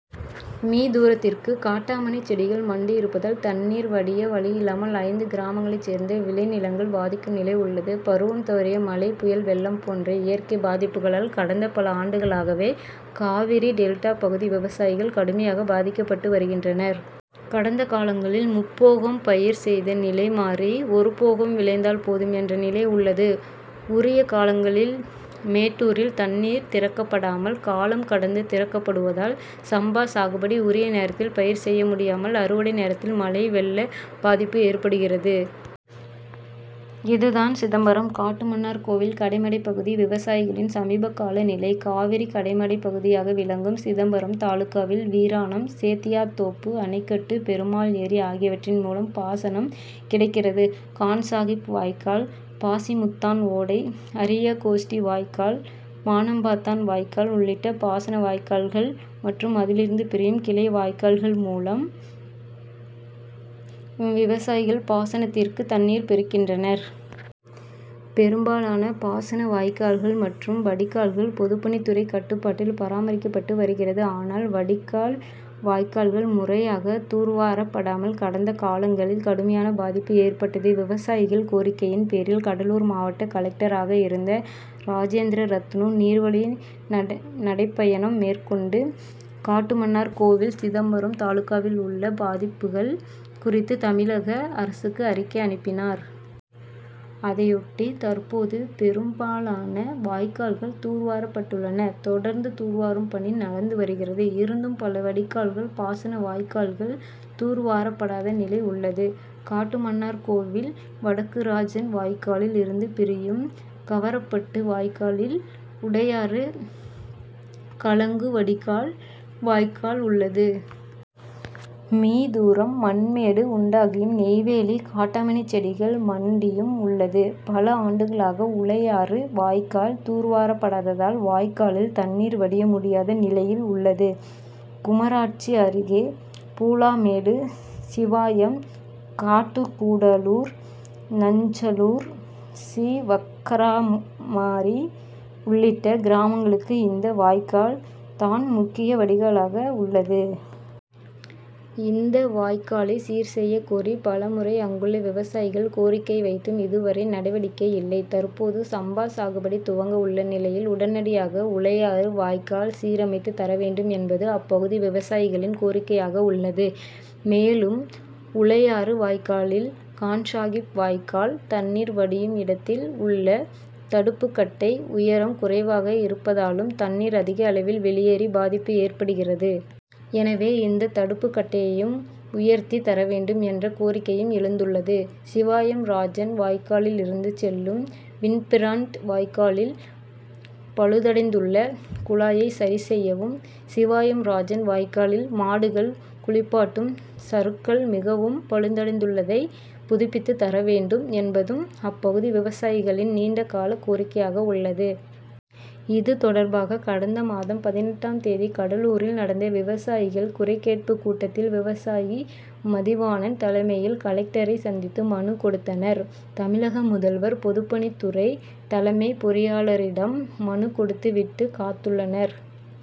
Me., தூரத்திற்கு காட்டாமணி செடிகள் மண்டியிருப்பதால் தண் ணீர் வடிய வழியில்லாமல் ஐந்து கிராமங்களைச் சேர்ந்த விளை நிலங்கள் பாதிக்கும் நிலை உள்ளது. பருவம் தவறிய மழை, புயல், வெள்ளம் போன்ற இயற்கை பாதிப்புகளால் கடந்த பல ஆண்டுகளாகவே காவிரி டெல்டா பகுதி விவசாயிகள் கடுமையாக பாதிக்கப்பட்டு வருகின்றனர். கடந்த காலங்களில் முப்போகம் பயிர் செய்த நிலை மாறி ஒரு போகம் விளைந்தால் போதும் என்ற நிலை உள்ளது. உரிய காலங்களில் மேட் டூரில் தண்ணீர் திறக்கப்படாமல் காலம் கடந்து திறக்கப்படுவதால் சம்பா சாகுபடி உரிய நேரத்தில் பயிர் செய்யமுடியாமல் அறுவடை நேரத்தில் மழை, வெள்ள பாதிப்பு ஏற்படுகிறது. இதுதான் சிதம்பரம், காட்டுமன்னார் கோவில் கடைமடை பகுதி விவசாயிகளின் சமீப கால நிலை. காவிரி கடைமடை பகுதியாக விளங்கும் சிதம்பரம் தாலுகாவில் வீராணம், சேத்தியாத்தோப்பு அணைக்கட்டு, பெருமாள் ஏரி ஆகியவற்றின் மூலம் பாசனம் கிடைக்கிறது. கான்சாகிப் வாய்க்கால், பாசிமுத்தான் ஓடை, அரியகோஷ்டி வாய்க்கால், மானம்பாத்தான் வாய்க்கால் உள்ளிட்ட பாசன வாய்க்கால்கள் மற்றும் அதிலிருந்து பிரியும் கிளை வாய்க்கால் கள் மூலம் விவசாயிகள் பாசனத்திற்கு தண்ணீர் பெறுக்கின்றனர். பெரும்பாலான பாசன வாய்க் கால்கள் மற்றும் வடிகால்கள் பொதுப்பணித்துறை கட்டுப்பாட் டில் பராமரிக்கப்பட்டு வருகிறது. ஆனால் வடிகால் வாய்க்கால்கள் முறையாக தூர் வாரப்படாமல் கடந்த காலங்களில் கடுமையான பாதிப்பு ஏற்பட்டது. விவசாயிகள் கோரிக்கையின் பேரில் கடலூர் மாவட்ட கலெக் டராக இருந்த ராஜேந்திரரத்னு நீர்வழி நடைபயணம் மேற் கொண்டு காட்டுமன்னார்கோவில் சிதம்பரம் தாலுகாவில் உள்ள பாதிப்புகள் குறித்து தமிழக அரசுக்கு அறிக்கை அனுப்பினார். அதையொட்டி தற்போது பெரும் பாலான வாய்க்கால்கள் தூர் வாரப்பட்டுள்ளன. தொடர்ந்து தூர்வாரும் பணி நடந்து வருகிறது. இருந்தும் பல வடிகால்கள், பாசன வாய்க்கால்கள் தூர்வாரப்படாத நிலை உள்ளது. காட்டுமன்னார்கோவில் வடக்கு ராஜன் வாய்க்காலில் இருந்து பிரியும் கவரப்பட்டு வாய்க்காலில் உடையாறு கலங்கு வடிகால் வாய்க்கால் உள்ளது. மீ., தூரம் மண்மேடு உண்டாகியும், நெய் வேலி காட்டாமணிசெடிகள் மண் டியும் உள்ளது. பல ஆண்டுகளாக உளையாறு வாய்க்கால் தூர்வாரப்படாததால் வாய்க்காலில் தண்ணீர் வடிய முடியாத நிலையில் உள்ளது. குமராட்சி அருகே பூலாமேடு, சிவாயம், காட்டுக்கூடலூர், நாஞ் சலூர், சி. வக்காரமாரி உள்ளிட்ட கிராமங்களுக்கு இந்த வாய்க்கால் தான் முக்கிய வடிகாலாக உள்ளது. இந்த வாய்க்காலை சீர்செய்ய கோரி பல முறை அங்குள்ள விவசாயிகள் கோரிக்கை வைத்தும் இதுவரை நடவடிக்கை இல்லை. தற்போது சம்பா சாகுபடி துவக்க உள்ள நிலையில் உடனடியாக உளையாறு வாய்க்கால் சீரமைத்துத் தரவேண்டும் என்பது அப்பகுதி விவசாயிகளின் கோரிக்கையாக உள்ளது. மேலும் உளையாறு வாய்க்காலில் கான்சாகிப் வாய்க்கால் தண் ணீர் வடியும் இடத்தில் உள்ள தடுப்புக்கட்டை உயரம் குறைவாக இருப்பதாலும் தண்ணீர் அதிக அளவில் வெளியேறி பாதிப்பு ஏற்படுகிறது. எனவே இந்த தடுப்பு கட்டையையும் உயர்த்தி தரவேண்டும் என்ற கோரிக்கையும் எழுந்துள்ளது. சிவாயம் ராஜன் வாய்க்காலில் இருந்து செல்லும் வின்பிரண்ட் வாய்க்காலில் பழுதடைந்துள்ள குழாயை சரி செய்யவும், சிவாயம் ராஜன் வாய்க்காலில் மாடுகள் குளிப்பாட்டும் சறுக்கல் மிகவும் பழுதடைந்துள்ளதை புதுப்பித்து தரவேண்டும் என்பதும் அப்பகுதி விவசாயிகளின் நீண்ட கால கோரிக்கையாக உள்ளது. இது தொடர்பாக கடந்த மாதம் பதினெட்டாம் தேதி கடலூரில் நடந்த விவசாயிகள் குறைகேட்பு கூட்டத்தில் விவசாயி மதிவாணன் தலைமையில் கலெக்டரை சந்தித்து மனு கொடுத்தனர். தமிழக முதல்வர், பொதுப்பணித்துறை தலைமை பொறியாளரிடம் மனு கொடுத்து விட்டு காத்துள்ளனர்.